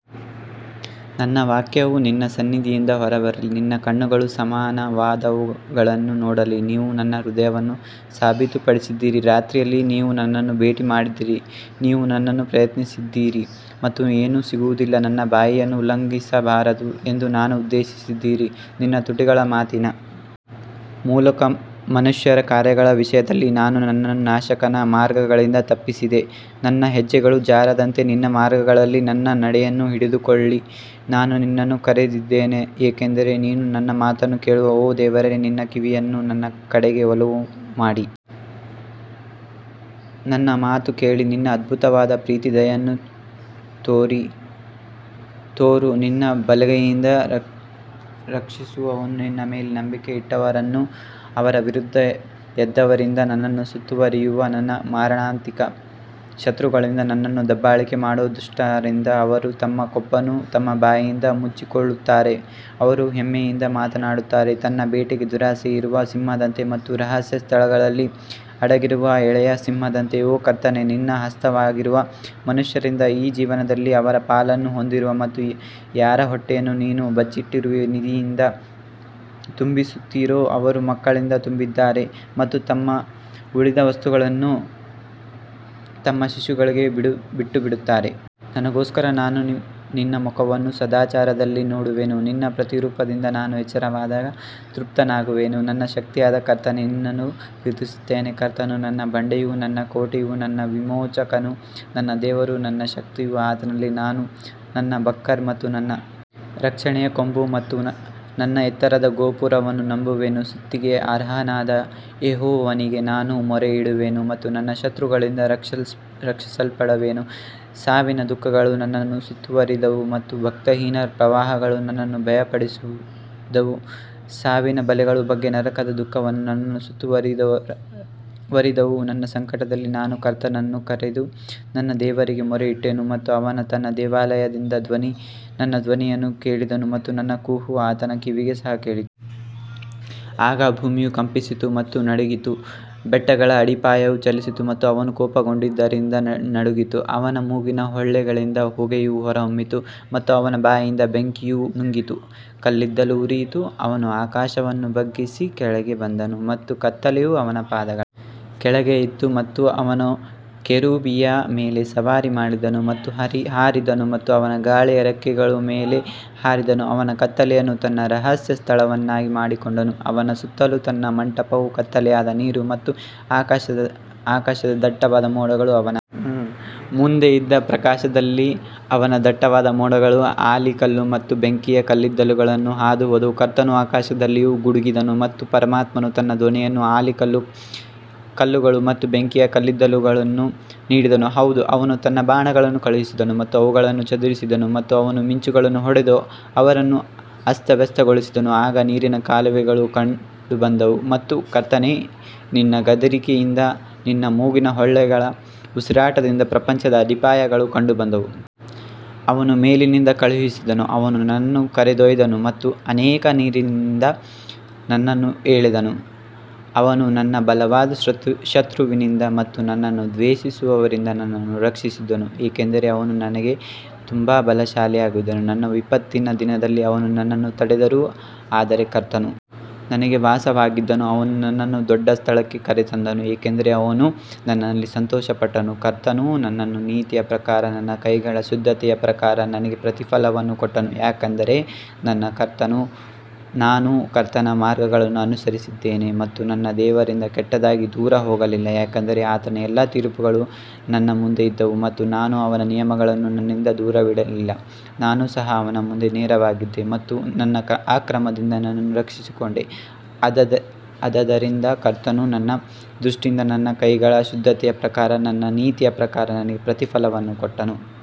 ನನ್ನ ವಾಕ್ಯವು ನಿನ್ನ ಸನ್ನಿಧಿಯಿಂದ ಹೊರಬರಲಿ, ನಿನ್ನ ಕಣ್ಣುಗಳು ಸಮಾನವಾದವುಗಳನ್ನು ನೋಡಲಿ ನೀವು ನನ್ನ ಹೃದಯವನ್ನು ಸಾಬೀತುಪಡಿಸಿದ್ದೀರಿ, ರಾತ್ರಿಯಲ್ಲಿ ನೀವು ನನ್ನನ್ನು ಭೇಟಿ ಮಾಡಿದ್ದೀರಿ, ನೀವು ನನ್ನನ್ನು ಪ್ರಯತ್ನಿಸಿದ್ದೀರಿ ಮತ್ತು ಏನೂ ಸಿಗುವುದಿಲ್ಲ, ನನ್ನ ಬಾಯಿಯನ್ನು ಉಲ್ಲಂಘಿಸಬಾರದು ಎಂದು ನಾನು ಉದ್ದೇಶಿಸಿದ್ದೇನೆ ನಿನ್ನ ತುಟಿಗಳ ಮಾತಿನ ಮೂಲಕ ಮನುಷ್ಯರ ಕಾರ್ಯಗಳ ವಿಷಯದಲ್ಲಿ ನಾನು ನನ್ನನ್ನು ನಾಶಕನ ಮಾರ್ಗಗಳಿಂದ ತಪ್ಪಿಸಿದೆ ನನ್ನ ಹೆಜ್ಜೆಗಳು ಜಾರದಂತೆ ನಿನ್ನ ಮಾರ್ಗಗಳಲ್ಲಿ ನನ್ನ ನಡೆಯನ್ನು ಹಿಡಿದುಕೊಳ್ಳಿ ನಾನು ನಿನ್ನನ್ನು ಕರೆದಿದ್ದೇನೆ ಏಕೆಂದರೆ ನೀನು ನನ್ನ ಮಾತನ್ನು ಕೇಳುವೆ ಓ ದೇವರೇ ನಿನ್ನ ಕಿವಿಯನ್ನು ನನ್ನ ಕಡೆಗೆ ಒಲವು ಮಾಡಿ ನನ್ನ ಮಾತನ್ನು ಕೇಳು ನಿನ್ನ ಅದ್ಭುತವಾದ ಪ್ರೀತಿ ದಯೆಯನ್ನು ತೋರು, ನಿನ್ನ ಬಲಗೈಯಿಂದ ರಕ್ಷಿಸುವವನೇ, ನಿನ್ನ ಮೇಲೆ ನಂಬಿಕೆ ಇಟ್ಟವರನ್ನು ಅವರ ವಿರುದ್ಧ ಎದ್ದವರಿಂದ ನನ್ನನ್ನು ಸುತ್ತುವರಿಯುವ ನನ್ನ ಮಾರಣಾಂತಿಕ ಶತ್ರುಗಳಿಂದ ನನ್ನನ್ನು ದಬ್ಬಾಳಿಕೆ ಮಾಡುವ ದುಷ್ಟರಿಂದ ಅವರು ತಮ್ಮ ಕೊಬ್ಬನ್ನು ತಮ್ಮ ಬಾಯಿಯಿಂದ ಮುಚ್ಚಿಕೊಳ್ಳುತ್ತಾರೆ, ಅವರು ಹೆಮ್ಮೆಯಿಂದ ಮಾತನಾಡುತ್ತಾರೆ ತನ್ನ ಬೇಟೆಗೆ ದುರಾಸೆಯಿರುವ ಸಿಂಹದಂತೆ ಮತ್ತು ರಹಸ್ಯ ಸ್ಥಳಗಳಲ್ಲಿ ಅಡಗಿರುವ ಎಳೆಯ ಸಿಂಹದಂತೆ ಓ ಕರ್ತನೇ, ನಿನ್ನ ಹಸ್ತವಾಗಿರುವ ಮನುಷ್ಯರಿಂದ ಈ ಜೀವನದಲ್ಲಿ ಅವರ ಪಾಲನ್ನು ಹೊಂದಿರುವ ಮತ್ತು ಯಾರ ಹೊಟ್ಟೆಯನ್ನು ನೀನು ಬಚ್ಚಿಟ್ಟಿರುವ ನಿಧಿಯಿಂದ ತುಂಬಿಸುತ್ತೀರೋ ಅವರು ಮಕ್ಕಳಿಂದ ತುಂಬಿದ್ದಾರೆ ಮತ್ತು ತಮ್ಮ ಉಳಿದ ವಸ್ತುಗಳನ್ನು ತಮ್ಮ ಶಿಶುಗಳಿಗೆ ಬಿಟ್ಟುಬಿಡುತ್ತಾರೆ. ನನಗೋಸ್ಕರ ನಾನು ನಿನ್ನ ಮುಖವನ್ನು ಸದಾಚಾರದಲ್ಲಿ ನೋಡುವೆನು ನಿನ್ನ ಪ್ರತಿರೂಪದಿಂದ ನಾನು ಎಚ್ಚರವಾದಾಗ ತೃಪ್ತನಾಗುವೆನು ನನ್ನ ಶಕ್ತಿಯಾದ ಕರ್ತನೇ ನಿನ್ನನ್ನು ಪ್ರೀತಿಸುತ್ತೇನೆ ಕರ್ತನು ನನ್ನ ಬಂಡೆಯೂ ನನ್ನ ಕೋಟೆಯೂ ನನ್ನ ವಿಮೋಚಕನು ನನ್ನ ದೇವರು ನನ್ನ ಶಕ್ತಿಯೂ ಆತನಲ್ಲಿ ನಾನು ನನ್ನ ಬಕ್ಕರ್ ಮತ್ತು ನನ್ನ ರಕ್ಷಣೆಯ ಕೊಂಬು ಮತ್ತು ನನ್ನ ಎತ್ತರದ ಗೋಪುರವನ್ನು ನಂಬುವೆನು ಸ್ತುತಿಗೆ ಅರ್ಹನಾದ ಯೆಹೋವನಿಗೆ ನಾನು ಮೊರೆಯಿಡುವೆನು ಮತ್ತು ನನ್ನ ಶತ್ರುಗಳಿಂದ ರಕ್ಷಿಸಲ್ಪಡುವೆನು ಸಾವಿನ ದುಃಖಗಳು ನನ್ನನ್ನು ಸುತ್ತುವರಿದವು ಮತ್ತು ಭಕ್ತಿಹೀನರ ಪ್ರವಾಹಗಳು ನನ್ನನ್ನು ಭಯಪಡಿಸಿದವು ಸಾವಿನ ಬಲೆಗಳ ಬಗ್ಗೆ ನರಕದ ದುಃಖಗಳು ನನ್ನನ್ನು ಸುತ್ತುವರಿದವು ನನ್ನ ಸಂಕಟದಲ್ಲಿ ನಾನು ಕರ್ತನನ್ನು ಕರೆದು ನನ್ನ ದೇವರಿಗೆ ಮೊರೆಯಿಟ್ಟನು ಮತ್ತು ಆತನು ತನ್ನ ದೇವಾಲಯದಿಂದ ನನ್ನ ಧ್ವನಿಯನ್ನು ಕೇಳಿದನು ಮತ್ತು ನನ್ನ ಕೂಗು ಆತನ ಕಿವಿಗೆ ಸಹ ಕೇಳಿತು. ಆಗ ಭೂಮಿಯು ಕಂಪಿಸಿತು ಮತ್ತು ನಡುಗಿತು, ಬೆಟ್ಟಗಳ ಅಡಿಪಾಯವೂ ಚಲಿಸಿತು ಮತ್ತು ಅವನು ಕೋಪಗೊಂಡಿದ್ದರಿಂದ ನಡುಗಿತು. ಅವನ ಮೂಗಿನ ಹೊಳ್ಳೆಗಳಿಂದ ಹೊಗೆಯು ಹೊರಹೊಮ್ಮಿತು ಮತ್ತು ಅವನ ಬಾಯಿಯಿಂದ ಬೆಂಕಿಯು ನುಂಗಿದ ಕಲ್ಲಿದ್ದಲು ಉರಿಯಿತು. ಅವನು ಆಕಾಶವನ್ನೂ ಬಗ್ಗಿಸಿ ಕೆಳಗೆ ಬಂದನು ಮತ್ತು ಕತ್ತಲೆಯು ಅವನ ಪಾದಗಳ ಕೆಳಗೆ ಇತ್ತು ಮತ್ತು ಅವನು ಕೆರೂಬಿಯ ಮೇಲೆ ಸವಾರಿ ಮಾಡಿದನು ಮತ್ತು ಹಾರಿದನು ಮತ್ತು ಅವನು ಗಾಳಿಯ ರೆಕ್ಕೆಗಳ ಮೇಲೆ ಹಾರಿದನು ಅವನು ಕತ್ತಲೆಯನ್ನು ತನ್ನ ರಹಸ್ಯ ಸ್ಥಳವನ್ನಾಗಿ ಮಾಡಿಕೊಂಡನು, ಅವನ ಸುತ್ತಲೂ ತನ್ನ ಮಂಟಪವು ಕತ್ತಲೆಯಾದ ನೀರು ಮತ್ತು ಆಕಾಶದ ದಟ್ಟವಾದ ಮೋಡಗಳು ಅವನ ಮುಂದೆ ಇದ್ದ ಪ್ರಕಾಶದಲ್ಲಿ ಅವನ ದಟ್ಟವಾದ ಮೋಡಗಳು ಆಲಿಕಲ್ಲು ಮತ್ತು ಬೆಂಕಿಯ ಕಲ್ಲಿದ್ದಲುಗಳನ್ನು ಹಾದುಹೋದವು ಕರ್ತನು ಆಕಾಶದಲ್ಲಿಯೂ ಗುಡುಗಿದನು ಮತ್ತು ಪರಮಾತ್ಮನು ತನ್ನ ಧ್ವನಿಯನ್ನು ಆಲಿಕಲ್ಲು ಕಲ್ಲುಗಳು ಮತ್ತು ಬೆಂಕಿಯ ಕಲ್ಲಿದ್ದಲುಗಳನ್ನು ನೀಡಿದನು ಹೌದು ಅವನು ತನ್ನ ಬಾಣಗಳನ್ನು ಕಳುಹಿಸಿದನು ಮತ್ತು ಅವುಗಳನ್ನು ಚದುರಿಸಿದನು ಮತ್ತು ಅವನು ಮಿಂಚುಗಳನ್ನು ಹೊಡೆದು ಅವರನ್ನು ಅಸ್ತವ್ಯಸ್ತಗೊಳಿಸಿದನು ಆಗ ನೀರಿನ ಕಾಲುವೆಗಳು ಕಂಡುಬಂದವು ಮತ್ತು ಕರ್ತನೇ ನಿನ್ನ ಗದರಿಕೆಯಿಂದ ನಿನ್ನ ಮೂಗಿನ ಹೊಳ್ಳೆಗಳ ಉಸಿರಾಟದಿಂದ ಪ್ರಪಂಚದ ಅಡಿಪಾಯಗಳು ಕಂಡುಬಂದವು. ಅವನು ಮೇಲಿನಿಂದ ಕಳುಹಿಸಿದನು ಅವನು ನನ್ನನ್ನು ಕರೆದೊಯ್ದನು ಮತ್ತು ಅನೇಕ ನೀರಿನಿಂದ ನನ್ನನ್ನು ಎಳೆದನು ಅವನು ನನ್ನ ಬಲವಾದ ಶತ್ರುವಿನಿಂದ ಮತ್ತು ನನ್ನನ್ನು ದ್ವೇಷಿಸುವವರಿಂದ ನನ್ನನ್ನು ರಕ್ಷಿಸಿದನು ಏಕೆಂದರೆ ಅವರು ನನಗೆ ತುಂಬಾ ಬಲಶಾಲಿಯಾಗಿದ್ದರು ನನ್ನ ವಿಪತ್ತಿನ ದಿನದಲ್ಲಿ ಅವರು ನನ್ನನ್ನು ತಡೆದರು ಆದರೆ ಕರ್ತನು ನನಗೆ ವಾಸವಾಗಿದ್ದನು ಅವನು ನನ್ನನ್ನು ದೊಡ್ಡ ಸ್ಥಳಕ್ಕೆ ಕರೆತಂದನು, ಏಕೆಂದರೆ ಅವನು ನನ್ನಲ್ಲಿ ಸಂತೋಷಪಟ್ಟನು ಕರ್ತನು ನನ್ನ ನೀತಿಯ ಪ್ರಕಾರ ನನ್ನ ಕೈಗಳ ಶುದ್ಧತೆಯ ಪ್ರಕಾರ ನನಗೆ ಪ್ರತಿಫಲವನ್ನು ಕೊಟ್ಟನು ಯಾಕಂದರೆ ನಾನು ಕರ್ತನ ಮಾರ್ಗಗಳನ್ನು ಅನುಸರಿಸಿದ್ದೇನೆ ಮತ್ತು ನನ್ನ ದೇವರಿಂದ ಕೆಟ್ಟದಾಗಿ ದೂರ ಹೋಗಲಿಲ್ಲ ಯಾಕಂದರೆ ಆತನ ಎಲ್ಲಾ ತೀರ್ಪುಗಳು ನನ್ನ ಮುಂದೆ ಇದ್ದವು ಮತ್ತು ನಾನು ಅವನ ನಿಯಮಗಳನ್ನು ನನ್ನಿಂದ ದೂರವಿಡಲಿಲ್ಲ ನಾನು ಸಹ ಅವನ ಮುಂದೆ ನೇರವಾಗಿದ್ದೆ ಮತ್ತು ನನ್ನ ಅಕ್ರಮದಿಂದ ನನ್ನನ್ನು ರಕ್ಷಿಸಿಕೊಂಡೆ ಆದದರಿಂದ ಕರ್ತನು ತನ್ನ ದೃಷ್ಟಿಯಲ್ಲಿ ನನ್ನ ಕೈಗಳ ಶುದ್ಧತೆಯ ಪ್ರಕಾರ ನನ್ನ ನೀತಿಯ ಪ್ರಕಾರ ನನಗೆ ಪ್ರತಿಫಲವನ್ನು ಕೊಟ್ಟನು.